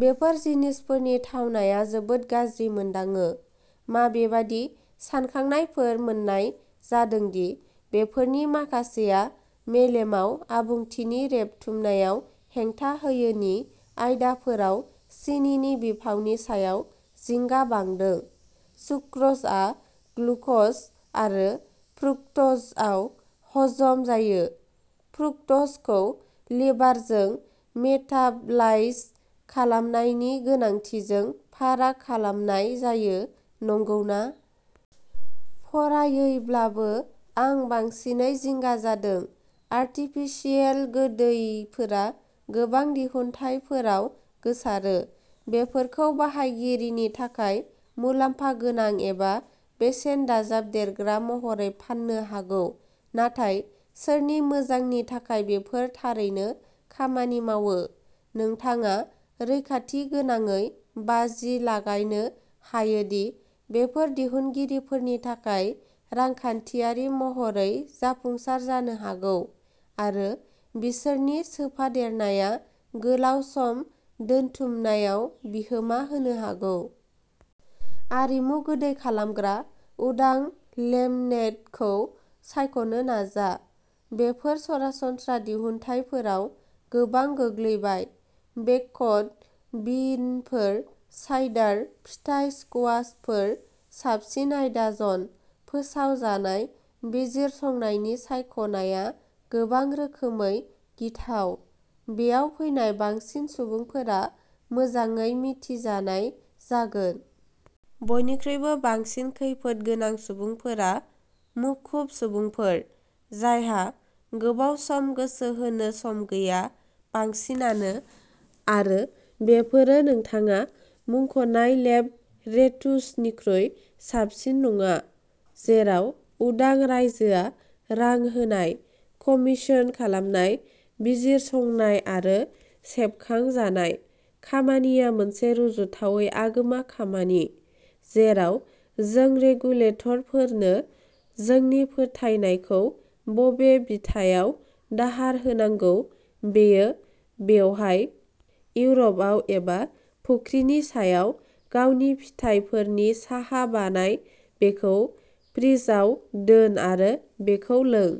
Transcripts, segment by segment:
बेफोर जिनिसफोरनि थावनाया जोबोद गाज्रि मोनदाङो। मा बेबादि सानखांनायफोर मोननाय जादों दि बेफोरनि माखासेया मेलेमाव आबुंथिनि रेबथुमनायाव हेंथा होयो नि आयदाफोराव सिनिनि बिफावनि सायाव जिंगा बांदों। सुक्र'जआ ग्लुक'ज आरो फ्रुक्ट'जआव हजम जायो। फ्रुक्ट'जखौ लिभारजों मेटाबलाइज खालामनायनि गोनांथिजों फाराग खालामनाय जायो, नंगौना? फरायैब्लाबो, आं बांसिनै जिंगा जादों। आर्टिफिसियेल गोदैफोरा गोबां दिहुनथायफोराव गोसारो। बेफोरखौ बाहायगिरिनि थाखाय मुलाम्फा गोनां एबा बेसेन दाजाबदेरग्रा महरै फाननो हागौ, नाथाय सोरनि मोजांनि थाखाय बेफोर थारैनो खामानि मावो। नोंथाङा रैखाथि गोनाङै बाजि लागायनो हायो दि बेफोर दिहुनगिरिफोरनि थाखाय रांखान्थियारि महरै जाफुंसार जानो हागौ आरो बिसोरनि सोफादेरनाया गोलाव सम दोनथुमनायाव बिहोमा होनो हागौ। आरिमु गोदै खालामग्रा उदां लेमनेडखौ सायख'नो नाजा। बेफोर सरासनस्रा दिहुनथायफोराव गोबां गोग्लैबाय बेकड बिनफोर, साइडार, फिथाइ स्कुवाशफोर साबसिन आयदा जन। फोसावजानाय बिजिरसंनायनि सायख'नाया गोबां रोखोमै गिथाव। बेयाव फैनाय बांसिन सुबुंफोरा मोजाङै मिथिजानाय जागोन। बयनिख्रुइबो बांसिन खैफोद गोनां सुबुंफोरा मुखुब सुबुंफोर, जायहा गोबाव सम गोसो होनो सम गैया। बांसिनानो, आरो बेफोरो नोंथाङा मुंख'नाय लेब-रेटुसनिख्रुइ साबसिन नङा। जेराव उदां रायजोआ रां होनाय, कमीशन खालामनाय, बिजिरसंनाय आरो सेबखांजानाय खामानिया मोनसे रुजुथावै आगोमा खामानि, जेराव जों रेगुलेटरफोरनो जोंनि फोथायनायखौ बबे बिथायाव दाहार होनांगौ, बेयो बेवहाय, इउर'पआव एबा फुख्रिनि सायाव गावनि फिथाइफोरनि साहा बानाय, बेखौ फ्रिजआव दोन आरो बेखौ लों।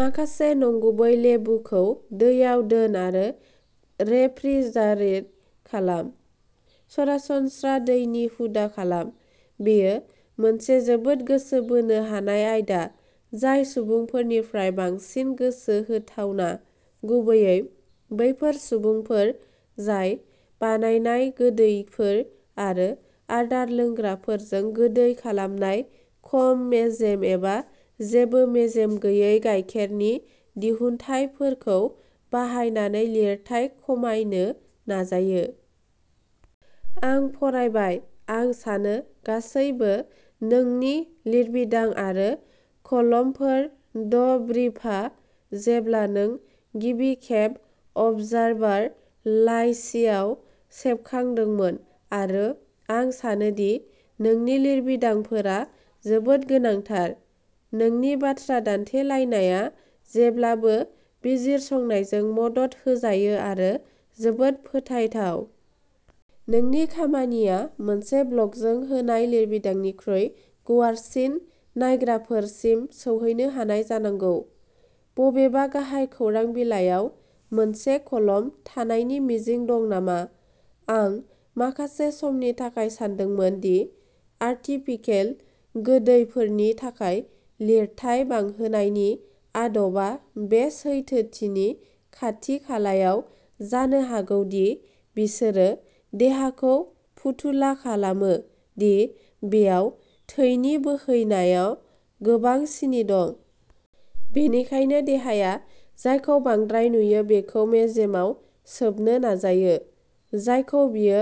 माखासे नंगुबै लेबुखौ दैयाव दोन आरो रेफ्रिजारेट खालाम। सरासनस्रा दैनि हुदा खालाम। बेयो मोनसे जोबोद गोसो बोनो हानाय आयदा, जाय सुबुंफोरनिफ्राय बांसिन गोसो होथावना, गुबैयै बैफोर सुबुंफोर जाय बानायनाय गोदैफोर आरो आदार लोंग्राफोरजों गोदै खालामनाय खम मेजेम एबा जेबो मेजेम गैयै गायखेरनि दिहुनथायफोरखौ बाहायनानै लिरथाइ खमायनो नाजायो। आं फरायबाय, आं सानो, गासैबो। नोंनि लिरबिदां आरो कलमफोर, ड ब्रिफा, जेब्ला नों गिबिखेब अबजारभार लाइसिआव सेबखांदोंमोन आरो आं सानो दि नोंनि लिरबिदांफोरा जोबोद गोनांथार। नोंनि बाथ्रा दान्थेलायनाया जेब्लाबो बिजिरसंनायजों मदद होजायो आरो जोबोद फोथायथाव। नोंनि खामानिया मोनसे ब्लगजों होनाय लिरबिदांनिख्रुइ गुवारसिन नायग्राफोरसिम सौहैनो हानाय जानांगौ। बबेबा गाहाय खौरां बिलाइयाव मोनसे कलम थानायनि मिजिं दं नामा आं माखासे समनि थाखाय सानदोंमोन दि आरटिफिकेल गोदैफोरनि थाखाय लिरथाय बांहोनायनि आदबआ बे सैथोथिनि खाथि-खालायाव जानो हागौ दि बिसोरो देहाखौ फुथुला खालामो दि बेयाव थैनि बोहैनायाव गोबां सिनि दं। बेनिखायनो देहाया जायखौ बांद्राय नुयो बेखौ मेजेमाव सोबनो नाजायो, जायखौ बियो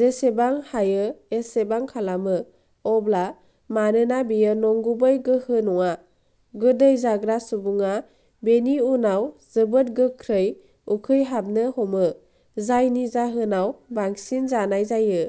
जेसेबां हायो एसेबां खालामो। अब्ला मानोना बेयो नंगुबै गोहो नङा, गोदै जाग्रा सुबुङा बेनि उनाव जोबोद गोख्रै उखैहाबनो हमो, जायनि जाहोनाव बांसिन जानाय जायो।